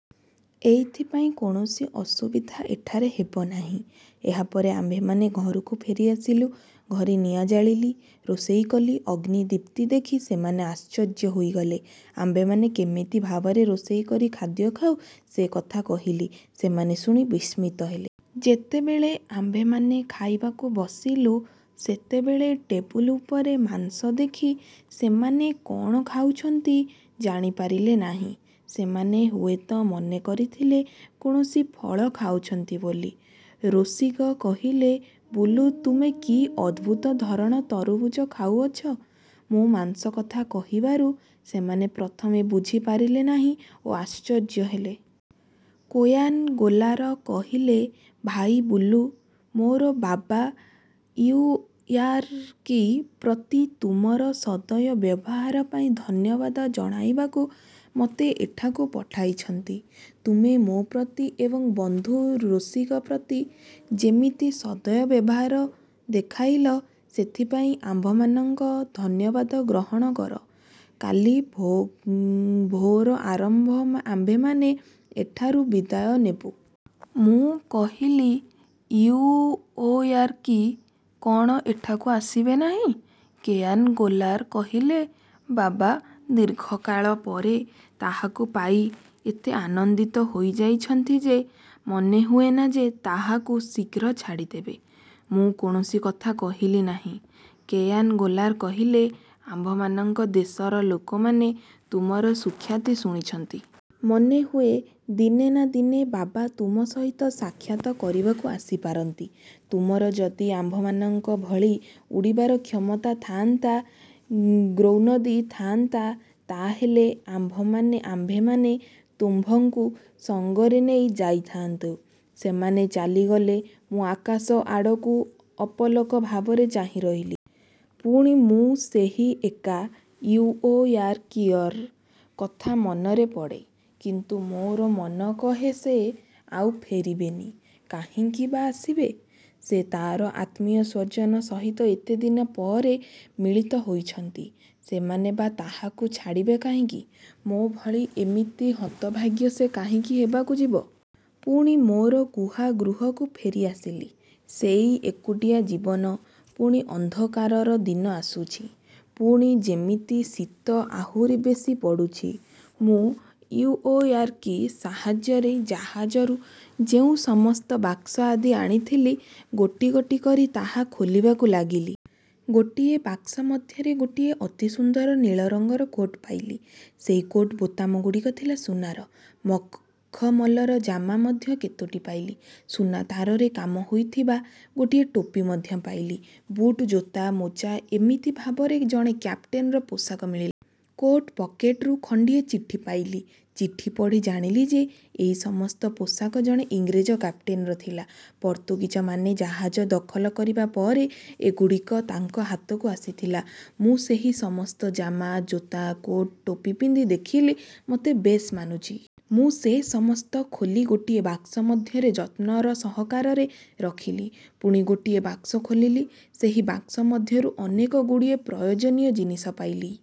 ଏଇଥିପାଇଁ କୌଣସି ଅସୁବିଧା ଏଠାରେ ହେବ ନାହିଁ। ଏହାପରେ ଆମ୍ଭେମାନେ ଘରକୁ ଫେରିଆସିଲୁଁ, ଘରେ ନିଆଁ ଜାଳିଲି, ରୋଷାଇ କଲି। ଅଗ୍ନି ଦୀପ୍ତି ଦେଖି ସେମାନେ ଆଶ୍ଚର୍ଯ୍ୟ ହୋଇଗଲେ। ଆମ୍ଭେମାନେ କେମିତି ଭାବରେ ରୋଷାଇ କରି ଖାଦ୍ୟ ଖାଉଁ ସେ କଥା କହିଲି। ସେମାନେ ଶୁଣି ବିସ୍ମିତ ହେଲେ। ଯେତେବେଳେ ଆମ୍ଭେମାନେ ଖାଇବାକୁ ବସିଲୁ, ସେତେବେଳେ ଟେବୁଲ ଉପରେ ମାଂସ ଦେଖି ସେମାନେ କ'ଣ ଖାଉଛନ୍ତି ଜାଣିପାରିଲେ ନାହିଁ। ସେମାନେ ହୁଏତ ମନେକରିଥିଲେ କୌଣସି ଫଳ ଖାଉଛନ୍ତି ବୋଲି। ରୋସିଗ କହିଲେ, ''ବୁଲୁ, ତୁମେ କି ଅଦ୍ଭୁତଧରଣ ତରବୁଜ ଖୁଆଉଛ? '' ମୁଁ ମାଂସ କଥା କହିବାରୁ ସେମାନେ ପ୍ରଥମେ ବୁଝିପାରିଲେ ନାହିଁ ଓ ଆଶ୍ଚର୍ଯ୍ୟ ହେଲେ-। କୋୟାନ ଗୋଲାର କହିଲେ, ଭାଇ ବୁଲୁ, ମୋର ବାବା ଇଉଓୟାରକି ପ୍ରତି ତୁମର ସଦୟ ବ୍ୟବହାରପାଇଁ ଧନ୍ୟବାଦ ଜଣାଇବାକୁ ମୋତେ ଏଠାକୁ ପଠାଇଛନ୍ତି। ତୁମେ ମୋ'ପ୍ରତି ଏବଂ ବନ୍ଧୁ ରୋସିଗ ପ୍ରତି ଯେମିତି ସଦୟ ବ୍ୟବହାର ଦେଖାଇଲ, ସେଥିପାଇଁ ଆମ୍ଭମାନଙ୍କ ଧନ୍ୟବାଦ ଗ୍ରହଣ କର। କାଲି ଭୋର ଆମ୍ଭେମାନେ ଏଠାରୁ ବିଦାୟ ନେବୁ। ମୁଁ କହିଲି, ଇଉଓୟାରକି କ'ଣ ଏଠାକୁ ଆସିବେ ନାହିଁ? କୋୟାନ ଗୋଲାର କହିଲେ, ''ବାବା ଦୀର୍ଘକାଳ ପରେ ତାହାକୁ ପାଇ ଏତେ ଆନନ୍ଦିତ ହୋଇଯାଇଛନ୍ତି ଯେ, ମନେହୁଏନା ଯେ ତାହାକୁ ଶୀଘ୍ର ଛାଡ଼ିଦେବେ। '' ମୁଁ କୌଣସି କଥା କହିଲି ନାହିଁ। କୋୟାନ ଗୋଲାର କହିଲେ, ''ଆମ୍ଭମାନଙ୍କ ଦେଶର ଲୋକମାନେ ତୁମର ସୁଖ୍ୟାତି ଶୁଣିଛନ୍ତି। ମନେହୁଏ ଦିନେ ନା ଦିନେ ବାବା ତୁମ ସହିତ ସାକ୍ଷାତ କରିବାକୁ ଆସିପାରନ୍ତି। ତୁମର ଯଦି ଆମ୍ଭମାନଙ୍କ ଭଳି ଉଡ଼ିବାର କ୍ଷମତା ଥାଆନ୍ତା, ଗ୍ରୌନଦି ଥାଆନ୍ତା, ତାହାହେଲେ ଆମ୍ଭେମାନେ ତୁମ୍ଭଙ୍କୁ ସଙ୍ଗରେ ନେଇ ଯାଇଥା'ନ୍ତୁ। ସେମାନେ ଚାଲିଗଲେ। ମୁଁ ଆକାଶ ଆଡ଼କୁ ଅପଲକ ଭାବରେ ଚାହିଁରହିଲି। ପୁଣି ମୁଁ ସେହି ଏକା। ଇଉଓୟାରକିର। କଥା ମନରେ ପଡ଼େ। କିନ୍ତୁ ମୋର ମନ କହେ ସେ ଆଉ ଫେରିବେନି। କାହିଁକି ବା ଆସିବେ? ସେ ତା'ର ଆତ୍ମୀୟସ୍ୱଜନ ସହିତ ଏତେଦିନ ପରେ ମିଳିତ ହୋଇଛନ୍ତି। ସେମାନେ ବା ତାହାକୁ ଛାଡ଼ିବେ କାହିଁକି? ମୋ'ଭାଳି ଏମିତି ହତଭାଗ୍ୟ ସେ କାହିଁକି ହେବାକୁ ଯିବ? ପୁଣି ମୋର ଗୁହା ଗୃହକୁ ଫେରିଆସିଲି। ସେଇ ଏକୁଟିଆ ଜୀବନ। ପୁଣି ଅନ୍ଧକାରର ଦିନ ଆସୁଛି। ପୁଣି ଯେମିତି ଶୀତ ଆହୁରି ବେଶି ପଡ଼ୁଛି। ମୁଁ ଇଉଓୟାରକି ସାହାଯ୍ୟରେ ଜାହାଜରୁ ଯେଉଁ ସମସ୍ତ ବାକ୍ସ ଆଦି ଆଣିଥିଲି, ଗୋଟି ଗୋଟି କରି ତାହା ଖୋଲିବାକୁ ଲାଗିଲି। ଗୋଟିଏ ବାକ୍ସ ମଧ୍ୟରେ ଗୋଟିଏ ଅତି ସୁନ୍ଦର ନୀଳରଙ୍ଗର କୋଟ୍ ପାଇଲି। ସେଇ କୋଟ୍ର ବୋତାମଗୁଡ଼ିକ ଥିଲା ସୁନାର। ମଖମଲର ଜାମା ମଧ୍ୟ କେତୋଟି ପାଇଲି। ସୁନା ତାରରେ କାମ ହୋଇଥିବା ଗୋଟିଏ ଟୋପି ମଧ୍ୟ ପାଇଲି। ବୁଟ୍ ଜୋତା, ମୋଜା-ଏମିତି ଭାବରେ ଜଣେ କାପ୍ଟେନର ପୋଷାକ ମିଳିଲା। କୋଟ୍ ପକେଟରୁ ଖଣ୍ଡିଏ ଚିଠି ପାଇଲି, ଚିଠି ପଢ଼ି ଜାଣିଲି ଯେ, ଏଇ ସମସ୍ତ ପୋଷାକ ଜଣେ ଇଂରେଜ କାପ୍ଟେନର ଥିଲା। ପର୍ତ୍ତୁଗୀଜମାନେ ଜାହାଜ ଦଖଲ କରିବା ପରେ ଏଗୁଡ଼ିକ ତାଙ୍କ ହାତକୁ ଆସିଥିଲା। ମୁଁ ସେହି ସମସ୍ତ ଜାମା, ଜୋତା, କୋଟ୍, ଟୋପି ପିନ୍ଧି ଦେଖିଲି, ମୋତେ ବେଶ୍ ମାନୁଛି। ମୁଁ ସେ ସମସ୍ତ ଖୋଲି ଗୋଟିଏ ବାକ୍ସ ମଧ୍ୟରେ ଯତ୍ନର ସହକାରେ ରଖିଲି। ପୁଣି ଗୋଟିଏ ବାକ୍ସ ଖୋଲିଲି। ସେହି ବାକ୍ସ ମଧ୍ୟରୁ ଅନେକଗୁଡ଼ିଏ ପ୍ରୟୋଜନୀୟ ଜିନିଷ ପାଇଲି।